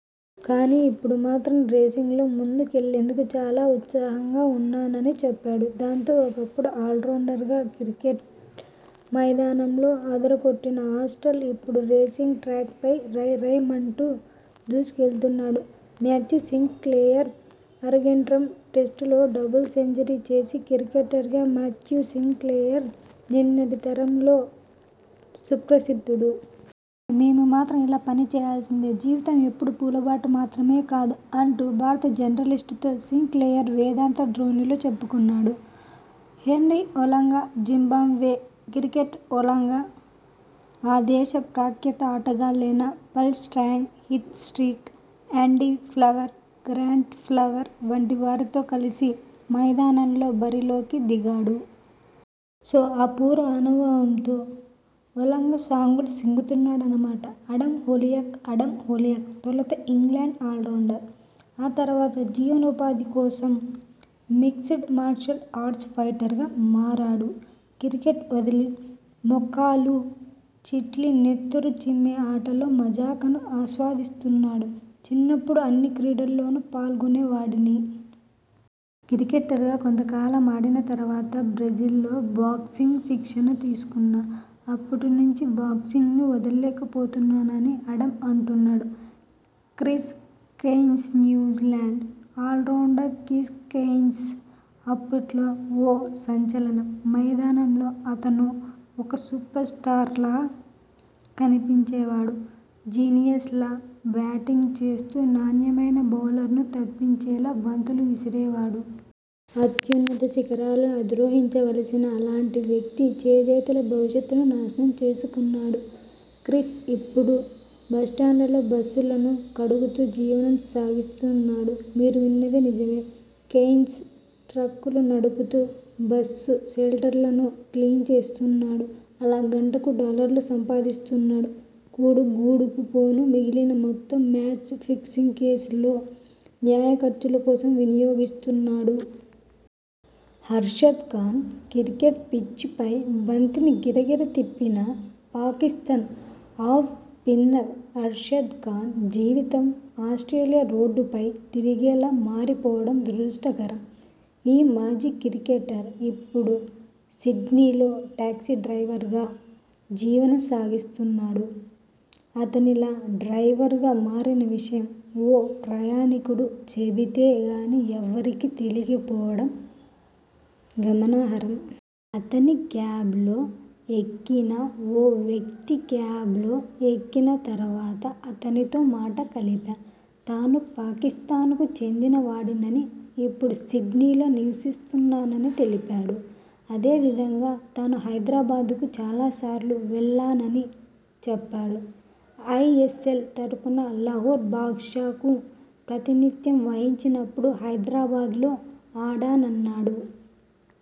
కానీ, ఇప్పుడు మాత్రం రేసింగ్లో ముందుకెళ్లేందుకు చాలా ఉత్సాహంగా ఉన్నాన'ని చెప్పాడు. దాంతో, ఒకప్పుడు ఆల్రౌండర్గా క్రికెట్ మైదానంలో అదరగొట్టిన ఆస్టల్ ఇప్పుడు రేసింగ్ ట్రాక్పై రయ్ రయ్ మంటూ దూసుకెళ్తున్నాడు. మాథ్యూ సింక్లెయిర్అరంగేట్రం టెస్టులోనే డబుల్ సెంచరీ చేసిన క్రికెటర్గా మాథ్యూ సింక్లెయిర్ నిన్నటి తరంలో సుప్రసిద్ధుడు. కానీ, మేము మాత్రం ఇలా పని చేయాల్సిందే. జీవితం ఎప్పుడూ పూలబాట మాత్రమే కాదు' అంటూ భారత జర్నలిస్ట్తో సింక్లెయిర్ వేదాంత ధోరణిలో చెప్పుకున్నాడు. హెన్రీ ఒలొంగాజింబాబ్వే క్రికెటర్ ఒలొంగా ఆ దేశ ప్రఖ్యాత ఆటగాళ్లయిన Paul Strang, Heath Streak, Andy Flower, Grant Flower వంటి వారితో కలిసి మైదానంలో బరిలోకి దిగాడు. సో ఆ పూర్వానుభవంతో ఒలొంగా సాంగ్లు సింగుతున్నాడన్నమాట! ఆడమ్ హోలియాక్ ఆడమ్ హోలియాక్ తొలుత ఇంగ్లండ్ ఆల్రౌండర్. ఆ తర్వాత జీవనోపాధి కోసం మిక్స్డ్ మార్షల్ ఆర్ట్స్ ఫైటర్గా మారాడు. క్రికెట్ వదిలి ముఖాలు చిట్లి నెత్తురు చిమ్మే ఆటలో మజాను ఆస్వాదిస్తున్నాడు. 'చిన్నప్పుడు అన్ని క్రీడల్లోనూ పాల్గొనేవాడిని. క్రికెటర్గా కొంతకాలం ఆడిన తర్వాత బ్రెజిల్లో బాక్సింగ్ శిక్షణ తీసుకున్నా. అప్పటి నుంచి బాక్సింగ్ను వదల్లేకపోతున్నాన'ని ఆడమ్ అంటున్నాడు. Chris Cairns New Zealand allrounder Chris Cairns అప్పట్లో ఓ సంచలనం. మైదానంలో అతనో ఒక సూపర్ స్టార్లా కనిపించేవాడు. జీనియస్లా బ్యాటింగ్ చేస్తూ నాణ్యమైన బౌలర్ను తలపించేలా బంతులు విసిరేవాడు. అత్యున్నత శిఖరాలను అధిరోహించాల్సిన అలాంటి వ్యక్తి చేజేతులా భవిష్యత్తును నాశనం చేసుకున్నాడు. క్రిస్ ఇప్పుడు బస్టాండుల్లో బస్సులను కడుగు తూ జీవనం సాగిస్తున్నాడు. మీరు విన్నది నిజమే. కెయిన్స్ ట్రక్కులు నడుపుతూ బస్ షెల్టర్లను క్లీన్ చేస్తున్నాడు. అలా గంటకు డాలర్లు సంపాదిస్తున్నాడు. కూడు గూడుకు పోను మిగిలినవి మొత్తం మ్యాచ్ ఫిక్సింగ్ కేసు లో న్యాయ ఖర్చుల కోసం వినియోగిస్తున్నాడు. అర్షద్ ఖాన్ క్రికెట్ పిచ్పై బంతిని గిరగిరా తిప్పిన పాకిస్థాన్ ఆఫ్ స్పిన్నర్ అర్షద్ ఖాన్ జీవితం ఆస్ట్రేలి యా రోడ్లపై తిరిగేలా మారిపోవడం దురదృష్టకరం. ఈ మాజీ క్రికెటర్ ఇప్పుడు సిడ్నీలో టాక్సీ డ్రైవర్గా జీవనం సాగిస్తున్నాడు. అతనిలా డ్రైవర్గా మారిన విషయం ఓ ప్రయాణికుడు చెబితే గానీ ఎవరికీ తెలియకపోవడం గమనార్హం. అతని క్యాబ్లో ఎక్కిన ఓ వ్యక్తి 'క్యాబ్లో ఎక్కిన తర్వాత అతనితో మాట కలిపా. తాను పాకిస్థాన్కు చెందిన వాడినని, ఇప్పుడు సిడ్నీలో నివసిస్తున్నానని తెలిపాడు. అదే విధంగా తాను హైదరాబాద్కు చాలా సార్లు వెళ్లానని చెప్పాడు. ఐఎస్ఎల్ తరఫున లాహోర్ బాద్షాస్కు ప్రాతినిథ్యం వహించినప్పుడు హైదరాబాద్లో ఆడానన్నాడు.